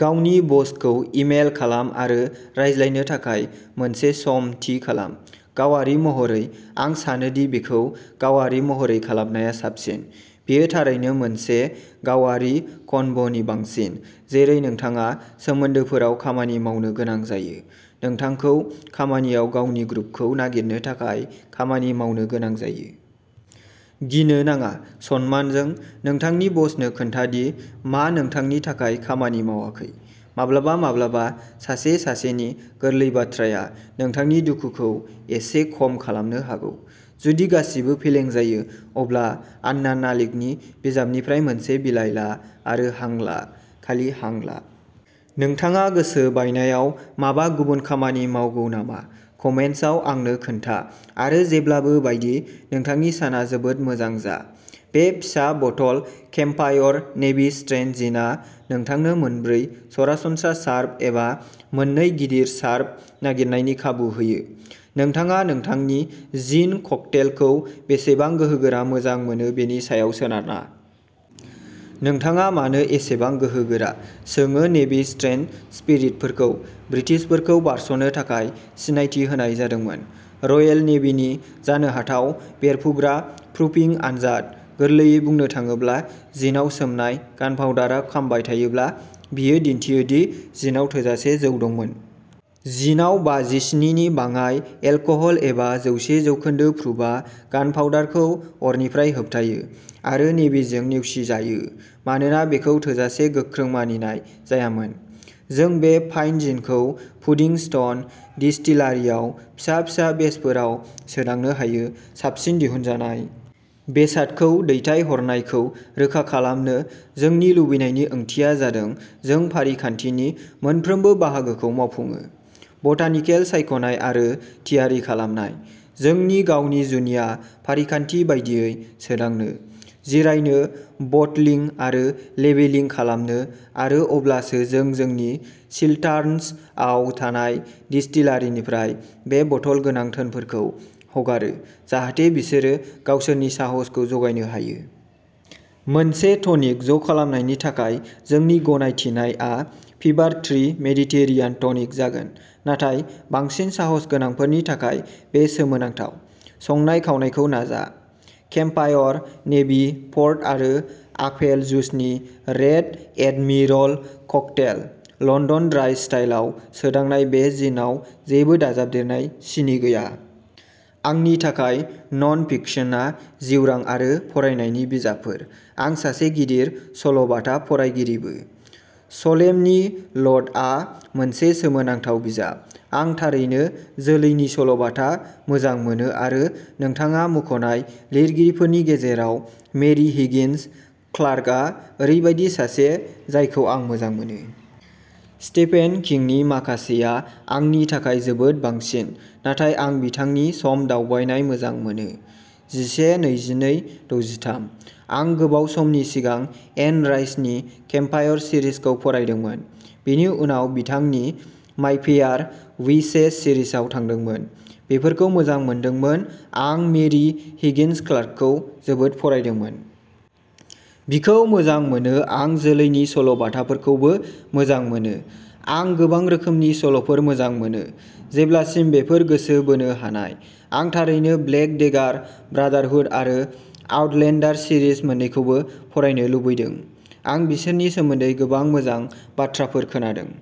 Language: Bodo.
गावनि बसखौ इमेल खालाम आरो रायज्लायनो थाखाय मोनसे सम थि खालाम। गावारि महरै, आं सानो दि बेखौ गावारि महरै खालामनाया साबसिन; बेयो थारैनो मोनसे गावारि कन्भ'नि बांसिन। जेरै नोंथाङा सोमोन्दोफोराव खामानि मावनो गोनां जायो, नोंथांखौ खामानियाव गावनि ग्रुभखौ नागिरनो थाखाय खामानि मावनो गोनां जायो। गिनो नाङा, सनमानजों, नोंथांनि बसनो खोन्था दि मा नोंथांनि थाखाय खामानि मावाखै। माब्लाबा माब्लाबा सासे-सासेनि गोरलै बाथ्राया नोंथांनि दुखुखौ एसे खम खालामनो हागौ। जुदि गासिबो फेलें जायो, अब्ला आन्ना नालिकनि बिजाबनिफ्राय मोनसे बिलाइ ला आरो हां ला, खालि हां ला। नोंथाङा गोसो बायनायाव माबा गुबुन खामानि मावगौ नामा कमेन्ट्सआव आंनो खोन्था आरो जेब्लाबो बायदि नोंथांनि साना जोबोद मोजां जा बे फिसा बथल केम्पफायर नेभि स्ट्रेंथ जिनआ नोंथांनो मोनब्रै सरासनस्रा सार्भ एबा मोननै गिदिर सार्भ नागिरनायनि खाबु होयो, नोंथाङा नोंथांनि जिन ककटेलखौ बेसेबां गोहोगोरा मोजां मोनो बेनि सायाव सोनारना। नोंथाङा मानो एसेबां गोहोगोरा सोङो नेभि स्ट्रेंथ स्पिरिटफोरखौ ब्रिटिशफोरखौ बारस'नो थाखाय सिनायथि होनाय जादोंमोन। रयेल नेभिनि जानो हाथाव बेरफ्रुग्रा प्रुफिं आनजाद। गोरलैयै बुंनो थाङोब्ला, जिनआव सोमनाय गानपाउडारआ खामबाय थायोब्ला बेयो दिन्थियो दि जिनआव थोजासे जौ दंमोन। जिनआव बाजिस्नि नि बाङाइ एलकहल एबा जौसे जौखोन्दो प्रुफआ गानपाउडारखौ अरनिफ्राय होबथायो आरो नेभिजों नेवसिजायो मानोना बेखौ थोजासे गोख्रों मानिनाय जायामोन। जों बे फाइन जिनखौ पुडिंस्टन डिस्टिलारिआव फिसा-फिसा बेचफोराव सोदांनो हायो। साबसिन दिहुनजानाय बेसादखौ दैथायहरनायखौ रोखा खालामनो जोंनि लुबैनायनि ओंथिया जादों जों फारिखान्थिनि मोनफ्रोमबो बाहागोखौ मावफुङो, बटानिकेल सायख'नाय आरो थियारि खालामनाय, जोंनि गावनि जुनिया फारिखान्थि बायदियै सोदांनो, जिरायनो बटलिं आरो लेबेलिं खालामनो आरो अब्लासो जों जोंनि चिल्टार्न्सआव थानाय डिस्टिलारिनिफ्राय बे बटल गोनां धोनफोरखौ हगारो जाहाथे बिसोरो गावसोरनि साहसखौ जागायनो हायो। मोनसे टनिक ज' खालामनायनि थाखाय जोंनि गनायथिनायआ फिभार-ट्री मेडिटेरेनियान टनिक जागोन नाथाय बांसिन साहसगोनांफोरनि थाखाय बे सोमोनांथाव संनाय-खावनायखौ नाजा। केम्पफायर नेभी, पर्ट आरो आपेल जुसनि-रेड एडमिरल ककटेल। लन्दन ड्राइ स्टाइलआव सोदांनाय बे जिनआव जेबो दाजाबदेरनाय सिनि गैया। आंनि थाखाय, नन-फिकशनआ जिउरां आरो फरायनायनि बिजाबफोर आं सासे गिदिर सल'बाथा फरायगिरिबो। सलेमनि ल'टआ मोनसे सोमोनांथाव बिजाब। आं थारैनो जोलैनि सल'बाथा मोजां मोनो आरो नोंथाङा मुंख'नाय लिरगिरिफोरनि गेजेराव, मेरि हिगिन्स क्लार्कआ ओरैबायदि सासे जायखौ आं मोजां मोनो। स्टेफेन किंनि माखासेआ आंनि थाखाय जोबोद बांसिन, नाथाय आं बिथांनि सम-दावबायनाय मोजां मोनो जिसे-नैजिनै-दजिथाम । आं गोबाव समनि सिगां एन राइसनि वेम्पायर सिरिजखौ फरायदोंमोन, बेनि उनाव बिथांनि मायफेयार विचेस सिरिजआव थांदोंमोन बेफोरखौ मोजां मोनदोंमोन आं मेरि हिगिन्स क्लार्कखौ जोबोद फरायदोंमोन। बिखौ मोजां मोनो आं जोलैनि सल'बाथाफोरखौबो मोजां मोनो आं गोबां रोखोमनि सल'फोर मोजां मोनो, जेब्लासिम बेफोर गोसो बोनो हानाय आं थारैनो ब्लेक डेगार ब्रादारहुड आरो आउटलेन्डार सिरिज मोन्नैखौबो फरायनो लुबैदों। आं बिसोरनि सोमोन्दै गोबां मोजां बाथ्राफोर खोनादों।